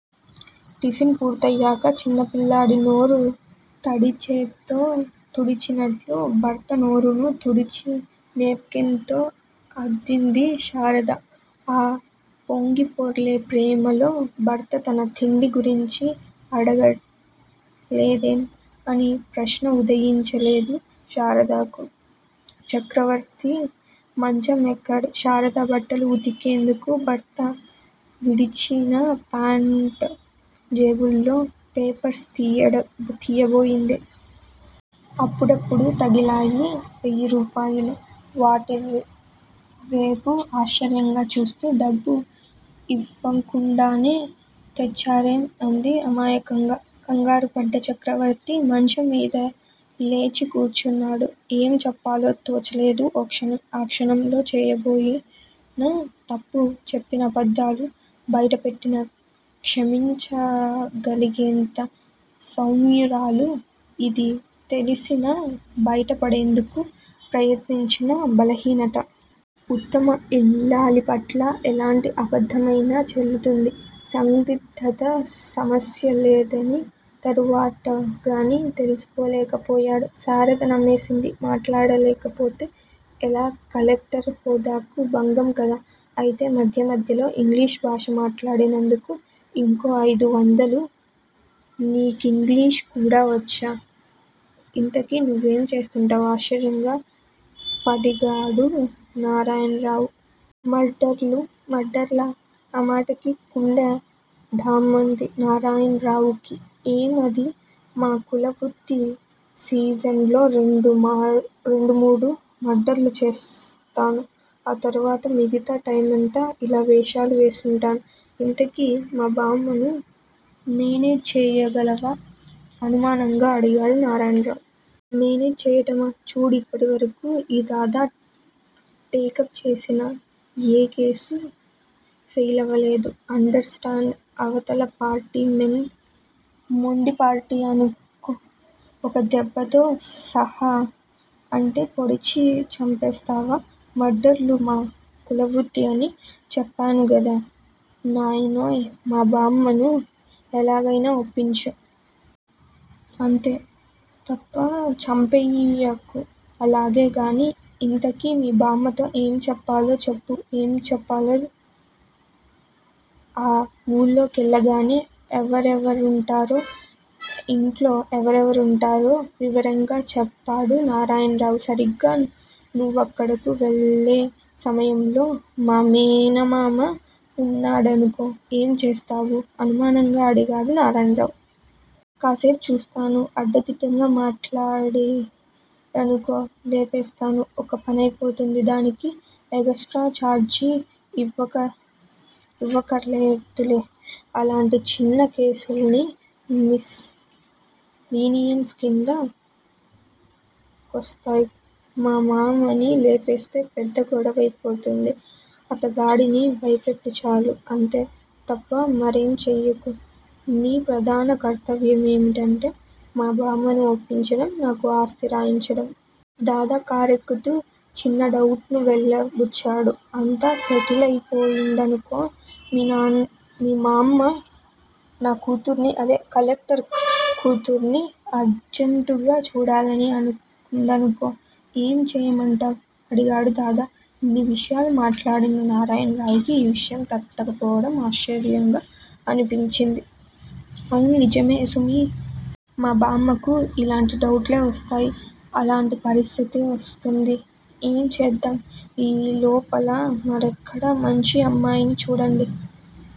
Tiffin పూర్తయ్యాక చిన్నపిల్లాడి నోరు తడిచేత్తో తుడిచినట్లు భర్త నోరును తుడిచి నేప్ కిన్ తో అద్దింది శారద. ఆ పొంగిపొర్లే ప్రేమలో భర్త తన తిండి గురించి అడగలేదేం అని ప్రశ్న ఉదయించలేదు శారదకు. చక్రవర్తి మంచం ఎక్కాడు. శారద బట్టలు ఉతికేందుకు భర్త విడిచిన ఫ్యాంట్ జేబుల్లో పేపర్స్ తీయబోయింది. అప్పుడప్పుడు తగిలాయి వెయ్యిరూపాయలు! వాటివేపు ఆశ్చర్యంగా చూస్తూ డబ్బు ఇవ్వకుండానే తెచ్చారేం? అంది అమాయకంగా. కంగారుపడ్డాడు చక్రవర్తి. మంచంమీద లేచి కూర్చున్నాడు. ఏం చెప్పాలో తోచలేదు ఓ క్షణం. ఆ క్షణంలో చేయబోయిన తప్పు, చెప్పిన అబద్ధాలు బయటపెట్టినా క్షమించగలిగేంత సౌమ్యురాలు. ఇది తెలిసినా బయటపడేందుకు ప్రయత్నించిన బలహీనత. ఉత్తమ ఇల్లాలిపట్ల ఎలాంటి అబద్ధమైనా చెల్లుతుంది. సందిగ్ధత సమస్యలేదని తరువాతగాని తెలుసుకోలేకపోయాడు. శారద నమ్మేసింది. మాట్లాడకపోతే ఎలా కలెక్టర్ హోదాకి భంగం కదా? అయితే మధ్య మధ్యలో ఇంగ్లీషు భాష మాట్లాడినందుకు ఇంకో అయిదు వందలు నీకింగ్లీషు గూడా వచ్చా ఇంతకీ నువ్వేం చేస్తుంటావ్ ఆశ్చర్యంగా పదిగాడు నారాయణరావు. మర్డర్లు మర్డర్లా?! ఆ మాటకు గుండె ఢామ్మంది నారాయణరావుకి. ఏం అధి మా కుల వృత్తి సీజన్ లో రెండు మూడు మర్డర్లు చేస్తాను ఆ తర్వాత మిగతా టైమంతా ఇలా వేషాలు వేసుకుంటాను. ఇంతకీ మా బామ్మను మేనేజ్ చెయ్యగలవా అనుమానంగా అడిగాడు నారాయణరావు. మేనేజ్ చెయ్యడమా చూడు ఇప్పటివరకు ఈ దాదా టేకప్ చేసిన ఏ కేసూ ఫెయిలవలేదు అండర్ స్టాండ్ అవతల పార్టీ మొండి పార్టీ అనుకో ఒక దెబ్బతో సహ అంటే పొడిచి చంపేస్తావా మర్డర్లు మా కులవృత్తి అని చెప్పాను గదా నాయనోయ్ మా బామ్మను ఎలాగయినా ఒప్పించు. అంతే తప్ప చంపెయ్యకు అలాగే గానీ ఇంతకీ మీ బామ్మతో ఏం చెప్పాలో చెప్పు ఏం చెప్పాలో, ఆ ఊళ్ళోకెళ్ళగానే ఎవరెవరుంటారో, ఇంట్లో ఎవరెవరుంటారో వివరంగా చెప్పాడు నారాయణరావు. సరిగ్గా నువ్వక్కడకు వెళ్ళే సమయంలో మా మేనమామ వున్నాడనుకో ఏం చేస్తావ్? అనుమానంగా అడిగాడు నారాయణరావు. కాసేపు చూస్తాను అడ్డదిడ్డంగా మాట్లాడేడనుకో లేపేస్తాను ఒక పనై పోతుంది దానికి ఎగస్ట్రా చార్జీ ఇవ్వక్కరాలేదులే. అలాంటి చిన్న కేసులన్నీ మిస్ లీనియన్స్ కింద కొస్తాయ్ మా మామని లేపేస్తే పెద్ద గొడవై పోతుంది. అతగాడిని భయపెట్టు చాలు. అంతే తప్ప మరేం చెయ్యకు. నీ ప్రధాన కర్తవ్యమేమిటంటే మా బామ్మను ఒప్పించడం, నాకు ఆస్తి రాయించడం. దాదా కారేక్కుతూ చిన్న డౌటును వెళ్ళబుచ్చాడు. అంతా సెటిలయి పోయిందనుకో మీ మామ్మ నా కూతుర్ని అదే కలెక్టర్ కూతుర్ని అర్జంటుగా చూడాలని అనుకుందనుకో ఏం చేయమంటావ్ అడిగాడు దాదా. ఇన్ని విషయాలు మాట్లాడిన నారాయణరావుకి ఈ విషయం తట్టకపోవడం ఆశ్చర్యంగా అనిపించింది. అవున్నిజమే సుమీ మా బామ్మకు ఇలాంటి డౌట్లే వస్తాయి అలాంటి పరిస్థితే వస్తుంది ఏం చేద్దాం ఈ లోపల మరేక్కడ మంచి అమ్మాయిని చూడండి